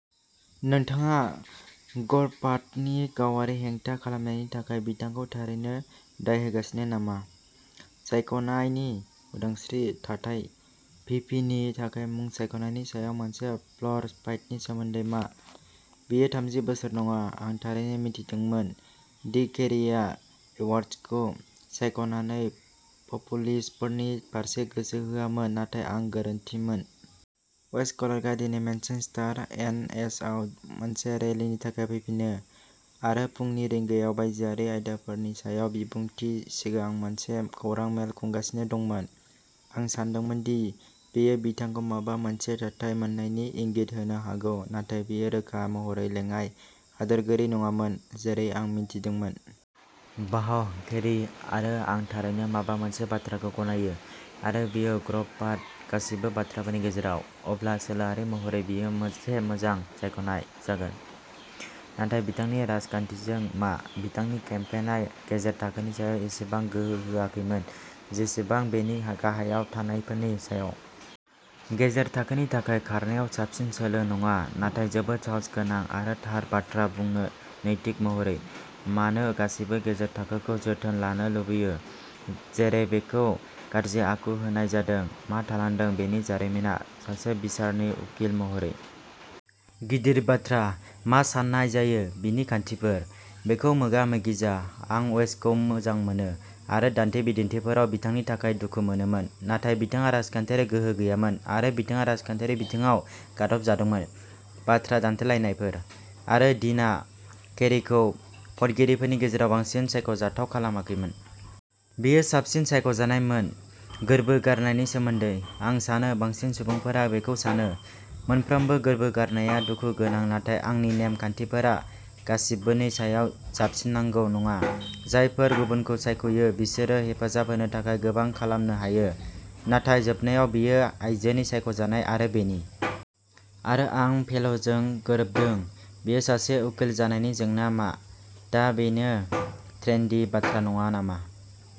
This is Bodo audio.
" नोंथाङा गर्भपातनि गावारि हेंथा खालामनायनि थाखाय बिथांखौ थारैनो दाय होगासिनो नामा? "सायख'नायनि उदांस्रि", थाथाय? भि. पि. नि थाखाय मुं सायख'नायनि सायाव मोनसे फ्ल'र फाइटनि सोमोन्दै मा? बेयो थामजि बोसोर नङा। आं थारैनो मिजिंथिदोंमोन दि केरीआ एडवार्ड्सखौ सायख'नानै'पपुलिस्ट'फोरनि फारसे गोसो होआमोन, नाथाय आं गोरोन्थिमोन। वेस क्लार्कआ दिनै मेनचेस्टार, एन. एच. आव मोनसे रेलिनि थाखाय फैफिनो, आरो फुंनि रिंगायाव बायजोआरि आयदाफोरनि सायाव बिबुंथिनि सिगां मोनसे खौरां मेल खुंगासिनो दंमोन। आं सानदोंमोन दि बेयो बिथांखौ माबा मोनसे थाथाय मोन्नायनि इंगित होनो हागौ नाथाय बेयो रोखा महरै लेङाइ हादोरगिरि नङामोन जेरै आं मिजिंथिदोंमोन। बाह, केरी आरो आं थारैनो माबा मोनसे बाथ्राखौ गनायो। आरो बेयो गर्भपात, गासैबो बाथ्राफोरनि गेजेराव! अब्ला सोलोआरि महरै बियो मोनसे मोजां सायख'नाय जागोन। नाथाय बिथांनि राजखान्थिजों मा? बिथांनि केम्पेइना गेजेर थाखोनि सायाव एसेबां गोसो होआखैमोन जेसेबां बेनि गाहायाव थानायफोरनि सायाव। गेजेर थाखोनि थाखाय खारनायाव साबसिन सोलो नङा नाथाय जोबोद साहसगोनां आरो थार बाथ्रा बुंनो नैतिक महरै। मानो गासैबो गेजेर थाखोखौ जोथोन लानो लुबैयो जेरै बेखौ गाज्रि आखु होनाय जादों? मा थालांदों बिनि जारिमिनआ सासे बिसारनि उखिल महरै। गिदिर बाथ्रा। मा सान्नाय जायो बिनि खान्थिफोर। बेखौ मोगा-मोगि जा। आं वेसखौ मोजां मोनो आरो दान्थे-बिदान्थेफोराव बिथांनि थाखाय दुखु मोनोमोन नाथाय बिथांहा राजखान्थियारि गोहोम गैयामोन आरो बिथाङा राजखान्थियारि बिथिङाव गादबजादोंमोन। बाथ्रा दान्थेलायनायफोर। आरो डीनआ केरीखौ भटगिरिफोरनि गेजेराव बांसिन सायख'जाथाव खालामाखैमोन। बेयो साबसिन सायख'नाय मोन। गोर्बो गारनायनि सोमोन्दै। आं सानो बांसिन सुबुंफोरा बेखौ सानो। मोनफ्रोमबो गोर्बो गारनाया दुखु गोनां नाथाय आंनि नेम-खान्थिफोरा गासिबोनि सायाव जाबसिनांगौ नङा। जायफोरा गुबुनखौ सायख'यो बिसोरनो हेफाजाब होनो थाखाय गोबां खालामनो हायो, नाथाय जोबनायाव बेयो आयजोनि सायख'नाय आरो बेनो। आरो आं फेल'जों गोरोबदों। बियो सासे उखिल जानायनि जेंना मा? दा बेनो ट्रेन्डी बाथ्रा नङा नामा?